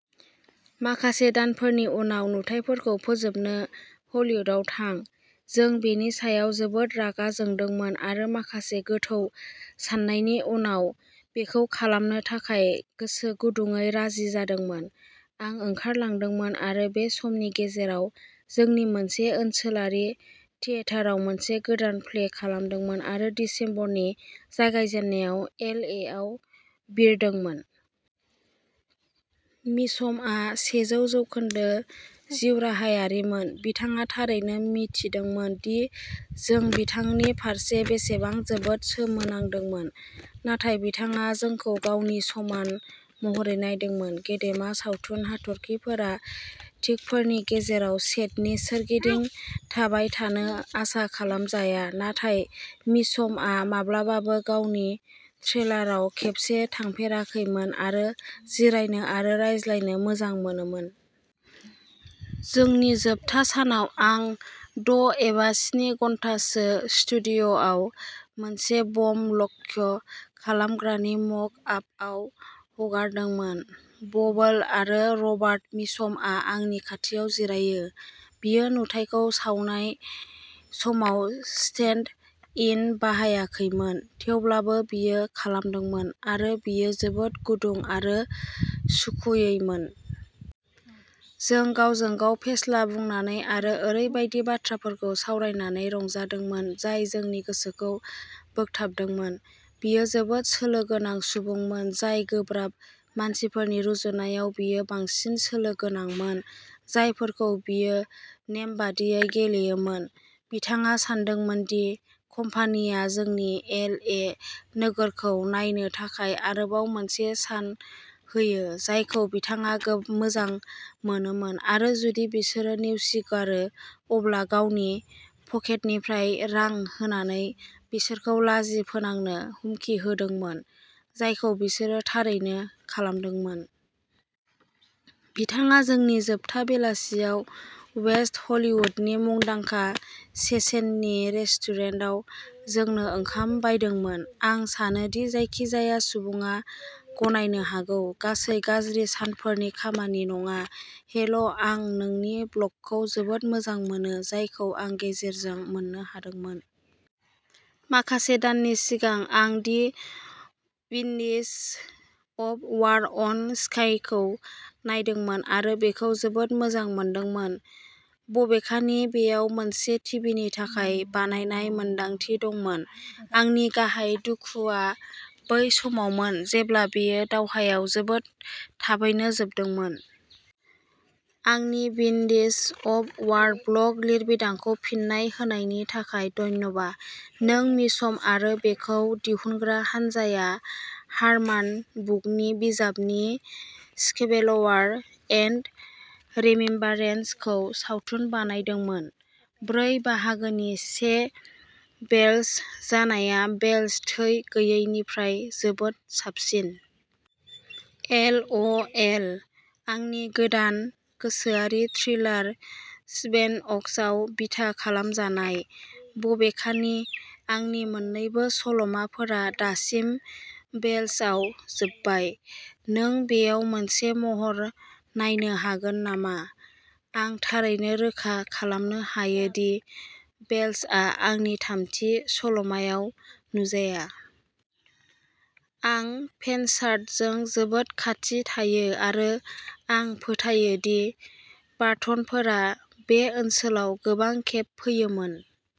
माखासे दानफोरनि उनाव नुथाइफोरखौ फोजोबनो हलीवुडआव थां। जों बेनि सायाव जोबोद रागा जोंदोंमोन आरो माखासे गोथौ साननायनि उनाव, बेखौ खालामनो थाखाय गोसो गुदुंयै राजि जादोंमोन। आं ओंखारलांदोंमोन आरो बे समनि गेजेराव जोंनि मोनसे ओनसोलारि थियेटारआव मोनसे गोदान प्ले खालामदोंमोन आरो दिसेम्बरनि जागायजेन्नायाव एल ए आव बिरदोंमोन। मिचमआ सेजौ जौखोन्दो जिउराहायारिमोन। बिथाङा थारैनो मिथिदोंमोन दि जों बिथांनि फारसे बेसेबां जोबोद सोमोनांदोंमोन, नाथाय बिथाङा जोंखौ गावनि समान महरै नायदोंमोन। गेदेमा सावथुन हाथरखिफोरा टेकफोरनि गेजेराव सेटनि सोरगिदिं थाबाय थानो आसा खालामजाया, नाथाय मिचमआ माब्लाबाबो गावनि ट्रेलाराव खेबसे थांफेराखैमोन आरो जिरायनो आरो रायज्लायनो मोजां मोनोमोन। जोंनि जोबथा सानाव आं द' एबा स्नि घन्टासो स्टुडिय'आव मोनसे बम लक्ष्य खालामग्रानि मक आपआव हगारदोंमोन। बबोल आरो रबार्ट मिचमआ आंनि खाथियाव जिरायो। बियो नुथाइखौ सावनाय समाव स्टेन्ड इन बाहायाखैमोन, थेवब्लाबो बियो खालामदोंमोन, आरो बेयो जोबोद गुदुं आरो सुखुयैमोन। जों गावजों-गाव फेस्ला बुंनानै आरो ओरैबायदि बाथ्राफोरखौ सावरायनानै रंजादोंमोन जाय जोंनि गोसोखौ बोगथाबदोंमोन। बियो जोबोद सोलो गोनां सुबुंमोन जाय गोब्राब मानसिफोरनि रुजुनायाव बियो बांसिन सोलो गोनांमोन, जायफोरखौ बियो नेमबादियै गेलेयोमोन। बिथाङा सानदोंमोन दि कम्पानिया जोंनो एल ए नोगोरखौ नायनो थाखाय आरोबाव मोनसे सान होयो, जायखौ बिथाङा गो मोजां मोनोमोन, आरो जुदि बिसोरो नेवसिगारो अब्ला गावनि पकेटनिफ्राय रां होनानै बिसोरखौ लाजि फोनांनो हुमखि होदोंमोन जायखौ बिसोरो थारैनो खालामदोंमोन। बिथाङा जोंनि जोबथा बेलासियाव वेस्ट हलीवुडनि मुंदांखा चेसेननि रेस्टुरेन्टाव जोंनो ओंखाम बायदोंमोन। आं सानो दि जायखिजाया सुबुङा गनायनो हागौ, गासै गाज्रि सानफोरनि खामानि नङा, हेलो आं नोंनि ब्लगखौ जोबोद मोजां मोनो, जायखौ आं गेजेरजों मोननो हादोंमोन। माखासे दाननि सिगां आं the witness of war on स्काइखौ नायदोंमोन आरो बेखौ जोबोद मोजां मोनदोंमोन, बबेखानि बेयाव मोनसे टिभिनि थाखाय बानायनाय मोनदांथि दंमोन। आंनि गाहाय दुखुआ बै समावमोन जेब्ला बेयो दावहायाव जोबोद थाबैनो जोबदोंमोन। आंनि विन्डस अफ वार ब्लग लिरबिदांखौ फिन्नाय होनायनि थाखाय धन्यबा। नों मिचम आरो बेखौ दिहुनग्रा हानजाया हारमान वुकनि बिजाबनि सिक्वेल'वार एन्ड रिमेम्बारेन्स खौ सावथुन बानायदोंमोन। ब्रै बाहागोनि से वेल्श जानाया वेल्श थै गैयैनिफ्राय जोबोद साबसिन। एल अ एल, आंनि गोदान गोसोआरि थ्रिलार सेभेनअक्सआव बिथा खालामजानाय। बबेखानि, आंनि मोन्नैबो सल'माफोरा दासिम वेल्सआव जोबबाय। नों बेयाव मोनसे महर नायनो हागोन नामा? आं थारैनो रोखा खालामनो हायो दि वेल्सआ आंनि थामथि सल'मायाव नुजाया। आं पेनशार्स्टजों जोबोद खाथि थायो आरो आं फोथायो दि बार्टनफोरा बे ओनसोलाव गोबां खेब फैयोमोन।